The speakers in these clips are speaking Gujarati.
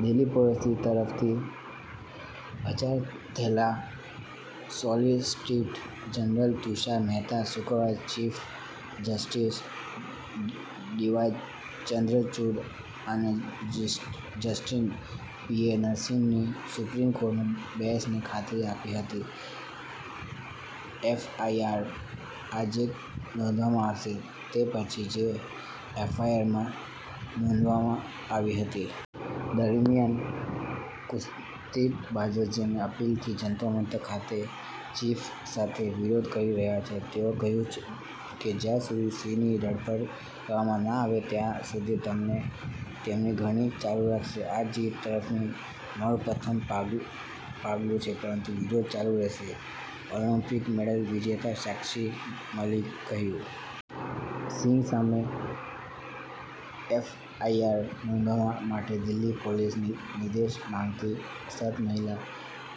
દિલ્હી પોલીસ તરફથી હાજર થયેલા સોલિસિટર જનરલ તુષાર મહેતાએ શુક્રવારે ચીફ જસ્ટિસ ડીવાય ચંદ્રચુડ અને જસ્ટિસ પીએસ નરસિમ્હાની સુપ્રીમ કોર્ટની બેંચને ખાતરી આપી હતી કે એફઆઈઆર "આજે જ નોંધવામાં આવશે" તે પછી બે એફઆઈઆર નોંધવામાં આવી હતી. દરમિયાન કુસ્તીબાજો જેઓ એપ્રિલથી જંતર-મંતર ખાતે ચીફ સામે વિરોધ કરી રહ્યાં છે, તેઓએ કહ્યું કે જ્યાં સુધી સિંહની ધરપકડ કરવામાં ન આવે ત્યાં સુધી તેઓ તેમની ધરણા ચાલુ રાખશે. "આ જીત તરફનું અમારું પ્રથમ પગલું છે, પરંતુ વિરોધ ચાલુ રહેશે," ઓલિમ્પિક મેડલ વિજેતા સાક્ષી મલિકે કહ્યું. સિંઘ સામે એફઆઈઆર નોંધવા માટે દિલ્હી પોલીસને નિર્દેશ માંગતી સાત મહિલા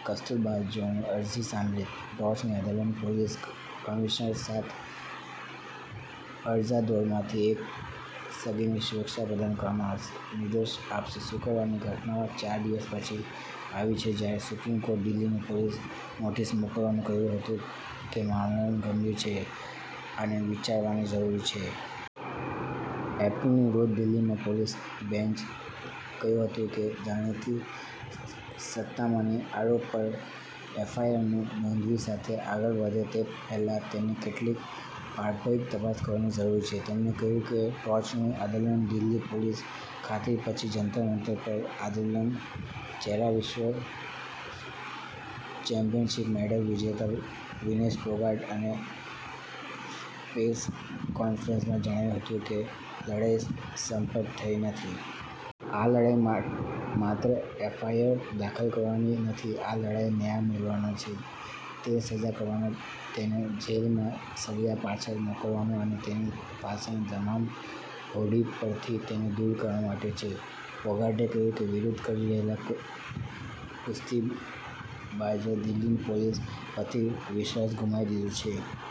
કુસ્તીબાજોની અરજી સાંભળીને, ટોચની અદાલતે પોલીસ કમિશનરને સાત અરજદારોમાંથી એક સગીરને સુરક્ષા પ્રદાન કરવાનો નિર્દેશ આપ્યો. શુક્રવારની ઘટનાઓ ચાર દિવસ પછી આવી છે જ્યારે સુપ્રીમ કોર્ટે દિલ્હી પોલીસને નોટિસ મોકલીને કહ્યું હતું કે મામલો "ગંભીર" છે અને વિચારણા જરૂરી છે. એપ્રિલના રોજ દિલ્હી પોલીસે બેંચને કહ્યું હતું કે જાતીય સતામણીના આરોપો પર એફઆઈઆરની નોંધણી સાથે આગળ વધે તે પહેલાં તેણે કેટલીક પ્રારંભિક તપાસ કરવાની જરૂર છે. તેણીએ કહ્યું કે ટોચની અદાલતમાં દિલ્હી પોલીસની ખાતરી પછી જંતર-મંતર પર આંદોલનનો ચહેરો વિશ્વ ચેમ્પિયનશિપ મેડલ વિજેતા વિનેશ ફોગાટે એક પ્રેસ કોન્ફરન્સમાં જણાવ્યું હતું કે લડાઈ સમાપ્ત થઈ નથી. "આ લડાઈ માત્ર એફઆઈઆર દાખલ કરાવવાની નથી. આ લડાઈ ન્યાય મેળવવાની છે, તેને સજા કરવા તેને જેલના સળિયા પાછળ મોકલવા અને તેની પાસેના તમામ હોદ્દા પરથી તેને દૂર કરવા માટે છે," ફોગાટે કહ્યું કે વિરોધ કરી રહેલા કુસ્તીબાજોએ દિલ્હી પોલીસ પરથી વિશ્વાસ ગુમાવી દીધો છે.